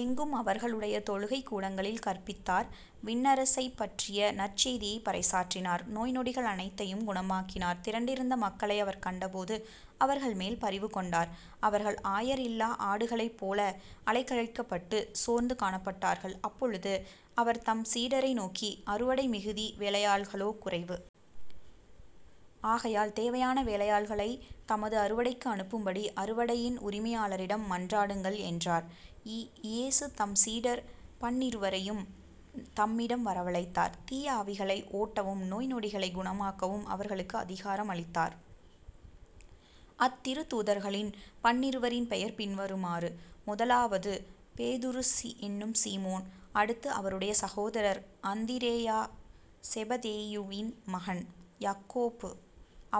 எங்கும் அவர்களுடைய தொழுகைக்கூடங்களில் கற்பித்தார் விண்ணரசைப்பற்றிய நற்செய்தியைப் பறைசாற்றினார் நோய் நொடிகள் அனைத்தையும் குணமாக்கினார். திரண்டிருந்த மக்களை அவர் கண்டபோது அவர்கள் மேல் பரிவுகொண்டார் அவர்கள் ஆயர் இல்லா ஆடுகளைப்போல அலைக்கழிக்கப்பட்டு சோர்ந்து காணப்பட்டார்கள். அப்பொழுது அவர் தம் சீடரை நோக்கி அறுவடை மிகுதி வேலையாள்களோ குறைவு. ஆகையால் தேவையான வேலையாள்களைத் தமது அறுவடைக்கு அனுப்பும்படி அறுவடையின் உரிமையாளிடம் மன்றாடுங்கள் என்றார். ஈ. இயேசு தம் சீடர் பன்னிருவரையும் தம்மிடம் வரவழைத்தார். தீய ஆவிகளை ஓட்டவும், நோய் நொடிகளைக் குணமாக்கவும் அவர்களுக்கு அதிகாரம் அளித்தார். அத்திருத்தூதர்களின் பன்னிருவரின் பெயர் பின்வருமாறு முதலாவது பேதுரு என்னும் சீமோன், அடுத்து அவருடைய சகோதரர் அந்திரேயா செபதேயுவின் மகன் யாக்கோப்பு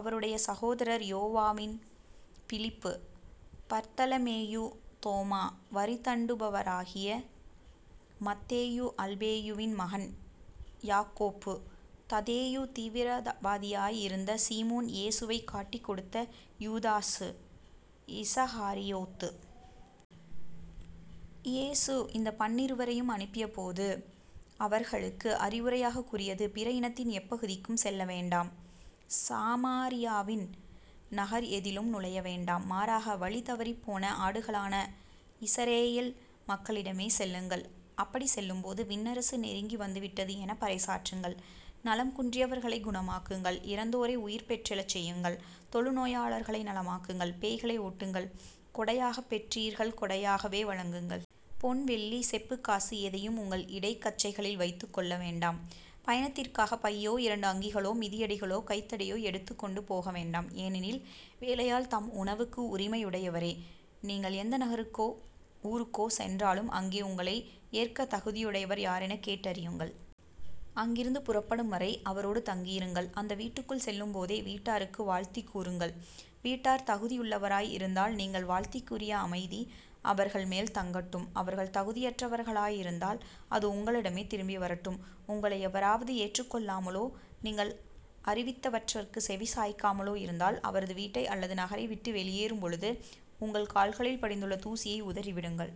அவருடைய சகோதரர் யோவான் பிலிப்பு பர்த்தலமேயு தோமா வரிதண்டுபவராகிய மத்தேயு அல்பேயுவின் மகன் யாக்கோப்பு ததேயு தீவிரவாதியாய் இருந்த சீமோன் இயேசுவைக் காட்டிக் கொடுத்த யூதாசு இஸகாரியோத்து. இயேசு இந்தப் பன்னிருவரையும் அனுப்பியபோது அவர்களுக்கு அறிவுரையாகக் கூறியது பிற இனத்தின் எப்பகுதிக்கும் செல்ல வேண்டாம். சாமாரியாவின் நகர் எதிலும் நுழைய வேண்டாம். மாறாக வழி தவறினப்போன ஆடுகளான இஸரயேல் மக்களிடமே செல்லுங்கள். அப்படிச் செல்லும்போது" விண்ணரசு நெருங்கி வந்துவிட்டது எனப் பறைசாற்றுங்கள். நலம் குன்றியவர்களைக் குணமாக்குங்கள் இறந்தோரை உயிர் பெற்றெழச் செய்யுங்கள் தொழுநோயாளர்களை நலமாக்குங்கள் பேய்களை ஓட்டுங்கள் கொடையாகப் பெற்றீர்கள் கொடையாகவே வழங்குங்கள். பொன் வெள்ளி செப்புக் காசு எதையும் உங்கள் இடைக் கச்சைகளில் வைத்துக் கொள்ள வேண்டாம். பயணத்திற்காகப் பையோ இரண்டு அங்கிகளோ மிதியடிகளோ கைத்தடியோ எடுத்துக்கொண்டு போக வேண்டாம். ஏனெனில் வேலையாள் தம் உணவுக்கு உரிமை உடையவரே. நீங்கள் எந்த நகருக்கோ ஊருக்கோ சென்றாலும் அங்கே உங்களை ஏற்கத் தகுதியுடையவர் யாரெனக் கேட்டறியுங்கள். அங்கிருந்து புறப்படும்வரை அவரோடு தங்கியிருங்கள். அந்த வீட்டுக்குள் செல்லும்பொழுதே வீட்டாருக்கு வாழ்த்துக் கூறுங்கள். வீட்டார் தகுதி உள்ளவராய் இருந்தால நீங்கள் வாழ்த்திக் கூறிய அமைதி அவர்கள்மேல் தங்கட்டும் அவர்கள் தகுதியற்றவர்களாயிருந்தால் அது உங்களிடமே திரும்பி வரட்டும். உங்களை எவராவது ஏற்றுக் கொள்ளாமலோ நீங்கள் அறிவித்தவற்றுக்குச் செவிசாய்க்காமலோ இருந்தால் அவரது வீட்டை அல்லது நகரைவிட்டு வெளியேறும்பொழுது உங்கள் கால்களில் படிந்துள்ள தூசியை உதறிவிடுங்கள்.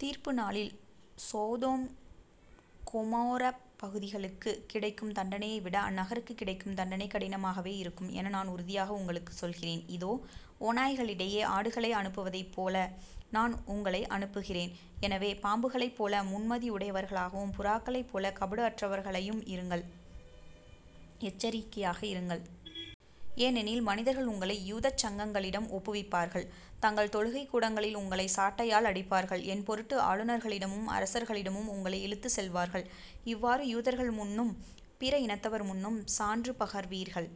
தீர்ப்பு நாளில் சோதோம் கொமோரப்பகுதிகளுக்குக் கிடைக்கும் தண்டனையை விட அந்நகருக்குக் கிடைக்கும் தண்டனை கடினமாகவே இருக்கும் என நான் உறுதியாக உங்களுக்குச் சொல்கிறேன். இதோ. ஓநாய்களிடையே ஆடுகளை அனுப்புவதைப்போல நான் உங்களை அனுப்புகிறேன். எனவே பாம்புகளைப்போல முன்மதி உடையவர்களாகவும் புறாக்களைப்போலக் கபடு அற்றவர்களையும் இருங்கள். எச்சரிக்கையாக இருங்கள். ஏனெனில் மனிதர்கள் உங்களை யூதச் சங்கங்களிடம் ஒப்புவிப்பார்கள். தங்கள் தொழுகைக்கூடங்களில் உங்களைச் சாட்டையால் அடிப்பார்கள். என்பொருட்டு ஆளுநர்களிடமும் அரசர்களிடமும் உங்களை இழுத்துச்செல்வார்கள். இவ்வாறு யூதர்கள் முன்னும் பிற இனத்தவர் முன்னும் சான்று பகர்வீர்கள்.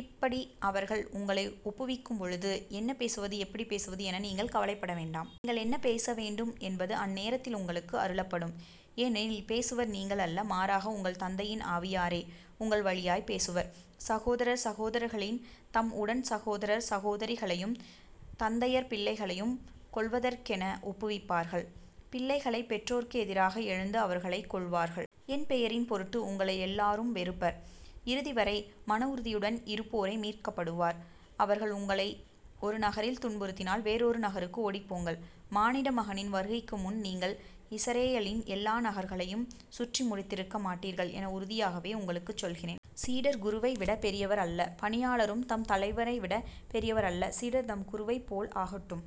இப்படி அவர்கள் உங்களை ஒப்புவிக்கும்பொழுது என்ன பேசுவது எப்படிப் பேசுவது என நீங்கள் கவலைப்பட வேண்டாம். நீங்கள் என்ன பேச வேண்டும் என்பது அந்நேரத்தில் உங்களுக்கு அருளப்படும். ஏனெனில் பேசுபவர் நீங்கள் அல்ல. மாறாக, உங்கள் தந்தையின் ஆவியாரே உங்கள் வழியாய்ப் பேசுவார். சகோதரர் சகோதரிகள் தம் உடன் சகோதரர் சகோதரிகளையும் தந்தையர் பிள்ளைகளையும் கொல்வதற்கென ஒப்புவிப்பார்கள். பிள்ளைகளை பெற்றோர்க்கு எதிராக எழுந்து அவர்களைக் கொல்வார்கள். என் பெயரின் பொருட்டு உங்களை எல்லாரும் வெறுப்பர். இறுதிவரை மன உறுதியுடன் இருப்போரே மீட்கப்படுவர். அவர்கள் உங்களை ஒரு நகரில் துன்புறுத்தினால் வேறொரு நகருக்கு ஓடிப்போங்கள். மானிட மகனின் வருகைக்குமுன் நீங்கள் இஸரயேலின் எல்லா நகர்களையும் சுற்றி முடித்திருக்க மாட்டீர்கள் என உறுதியாகவே உங்களுக்குச் சொல்கிறேன். சீடர் குருவை விடப் பெரியவர் அல்ல. பணியாளரும் தம் தலைவரைவிடப் பெரியவர் அல்ல. சீடர் தம் குருவைப் போல் ஆகட்டும்